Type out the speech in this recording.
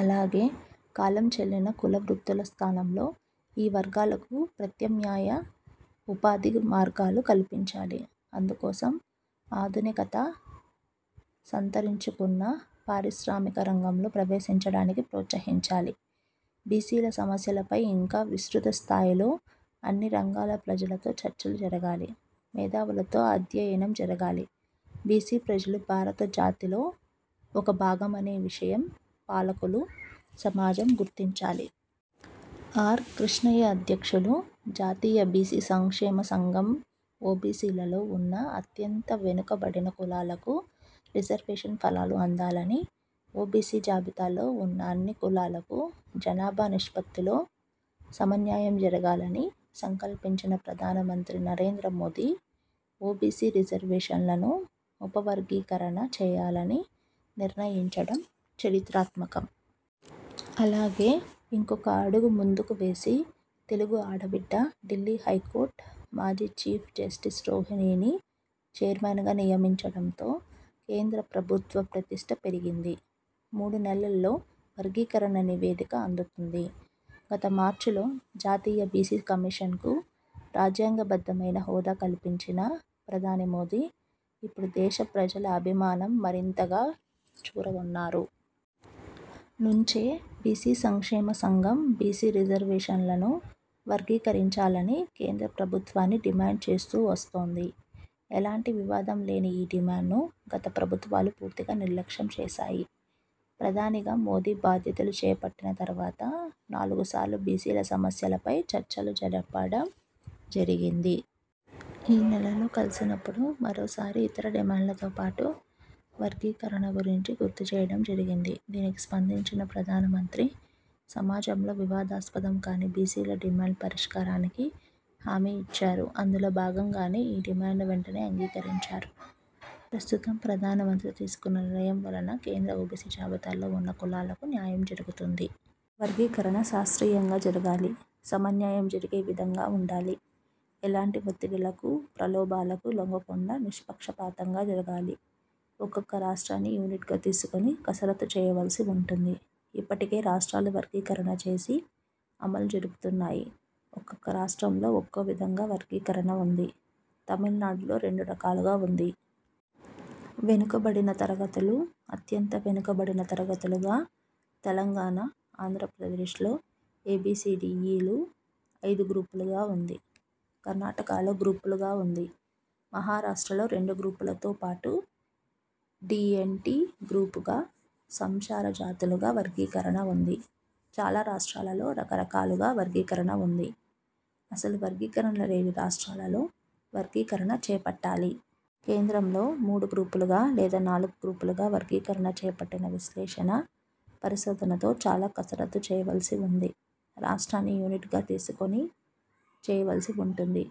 అలాగే కాలం చెల్లిన కులవృత్తుల స్థానంలో ఈ వర్గాలకు ప్రత్యమ్నాయ ఉపాధి మార్గాలు కల్పించాలి. అందుకోసం ఆధునికత సంతరించుకున్న పారిశ్రామిక రంగంలో ప్రవేశించడానికి ప్రోత్సహించాలి. బీసీల సమస్యలపై ఇంకా విస్తృత స్థాయిలో అన్ని రంగాల ప్రజలతో చర్చలు జరగాలి, మేధావులతో అధ్యయనం జరగాలి. బీసీ ప్రజలు భారత జాతిలో ఒక భాగమనే విషయం పాలకులు, సమాజం గుర్తించాలి. ఆర్. కృష్ణయ్యఅధ్యక్షులు, జాతీయ బీసీ సంక్షేమ సంఘం ఓబీసీలలో ఉన్న అత్యంత వెనుకబడిన కులాలకు రిజర్వేషన్ ఫలాలు అందాలని, ఓబీసీ -జాబితాలో ఉన్న అన్ని కులాలకు జనాభా నిష్పత్తిలో సమన్యాయం జరగాలని సంకల్పించిన ప్రధానమంత్రి నరేంద్ర మోదీ ఓబీసీ- రిజర్వేషన్లను ఉపవర్గీకరణ చేయాలనీ నిర్ణయించడం చరిత్రాత్మకం. అలాగే ఇంకొక అడుగు ముందుకు వేసి తెలుగు ఆడబిడ్డ, ఢిల్లీ హైకోర్టు। మాజీ చీఫ్ జస్టిస్ రోహిణిని చైర్మన్గా నియమించడంతో కేంద్ర ప్రభుత్వ ప్రతిష్ఠ పెరిగింది. మూడు నెలల్లో వర్గీకరణ నివేదిక అందుతుంది. గత మార్చిలో జాతీయ బీసీ కమిషన్కు రాజ్యాంగబద్ధమైన హోదా కల్పించిన ప్రధాని మోదీ ఇప్పుడు దేశ ప్రజల అభిమానం మరింతగా చూరగొన్నారు. నుంచే బీసీ సంక్షేమ సంఘం బీసీ రిజర్వేషన్లను వర్గీకరించాలని కేంద్ర ప్రభుత్వాన్ని డిమాండ్ చేస్తూ వస్తోంది. ఎలాంటి వివాదం లేని ఈ డిమాండ్ను గత ప్రభుత్వాలు పూర్తిగా నిర్లక్ష్యం చేశాయి. ప్రధానిగా మోదీ బాధ్య తలు చేపట్టిన తర్వాత నాలుగు సార్లు బీసీల సమస్యలపై చర్చలు జరపడం జరిగింది. ఈ నెలలో కలిసినపుడు మరోసారి ఇతర డిమాండ్లతో పాటు వర్గీకరణ గురించి గుర్తుచేయడం జరిగింది. దీనికి స్పందించిన ప్రధానమంత్రి సమాజంలో వివాదాస్పదం కాని బీసీల డిమాండ్ల పరిష్కారానికి హామీ ఇచ్చారు. అందులో భాగంగానే ఈ డిమాండ్ను వెంటనే అంగీకరించారు. ప్రస్తుతం ప్రధానమంత్రి తీసుకున్న నిర్ణయం వలన కేంద్ర ఓబీసీ జాబితాలో ఉన్న కులాలకు న్యాయం జరుగుతుంది. వర్గీకరణ శాస్త్రీయంగా జరగాలి. -సమన్యాయం జరిగే విధంగా ఉండాలి. ఎలాంటి వత్తిడిలకు, ప్రలోభాలకు లొంగకుండా నిష్పక్షపాతంగా జరగాలి. ఒక్కొక రాష్ట్రాన్ని యూనిట్గా తీసుకొని కసరత్తు చేయవలిసి ఉంటుంది. ఇప్పటికే రాష్ట్రాలు వర్గీకరణ చేసి అమలు జరుపుతున్నాయి. ఒక్కొక రాష్ట్రంలో ఒక్కో విధంగా వర్గీకరణ ఉంది. తమిళనాడులో రెండు రకాలుగా ఉంది. వెనుకబడిన తరగతులు,- అత్యంత వెనుకబడిన తరగతులుగా, తెలంగాణ, ఆంధ్రప్రదేశ్లో ఏబీసీడీఈ లు ఐదు గ్రూపులుగా ఉంది. కర్ణాటకలో గ్రూపులుగా ఉంది. మహారాష్ట్రలో రెండు గ్రూపులతో పాటు డీఎన్టీ గ్రూపుగా, సంచార జాతులుగా వర్గీకరణ ఉంది. చాలా రాష్ట్రాలలో రకరకాలుగా వర్గీకరణ ఉంది. అసలు వర్గీకరణ లేని రాష్ట్రాలలో వర్గీకరణ చేపట్టాలి. కేంద్రంలో మూడు గ్రూపులుగా లేదా నాలుగు గ్రూపులుగా వర్గీకరణ చేపట్టిన విశ్లేషణ- పరిశోధనతో చాలా కసరత్తు చేయవలసి ఉంది. రాష్ట్రాన్ని యూనిట్గా తీసుకొని చేయవలసి ఉంటుంది.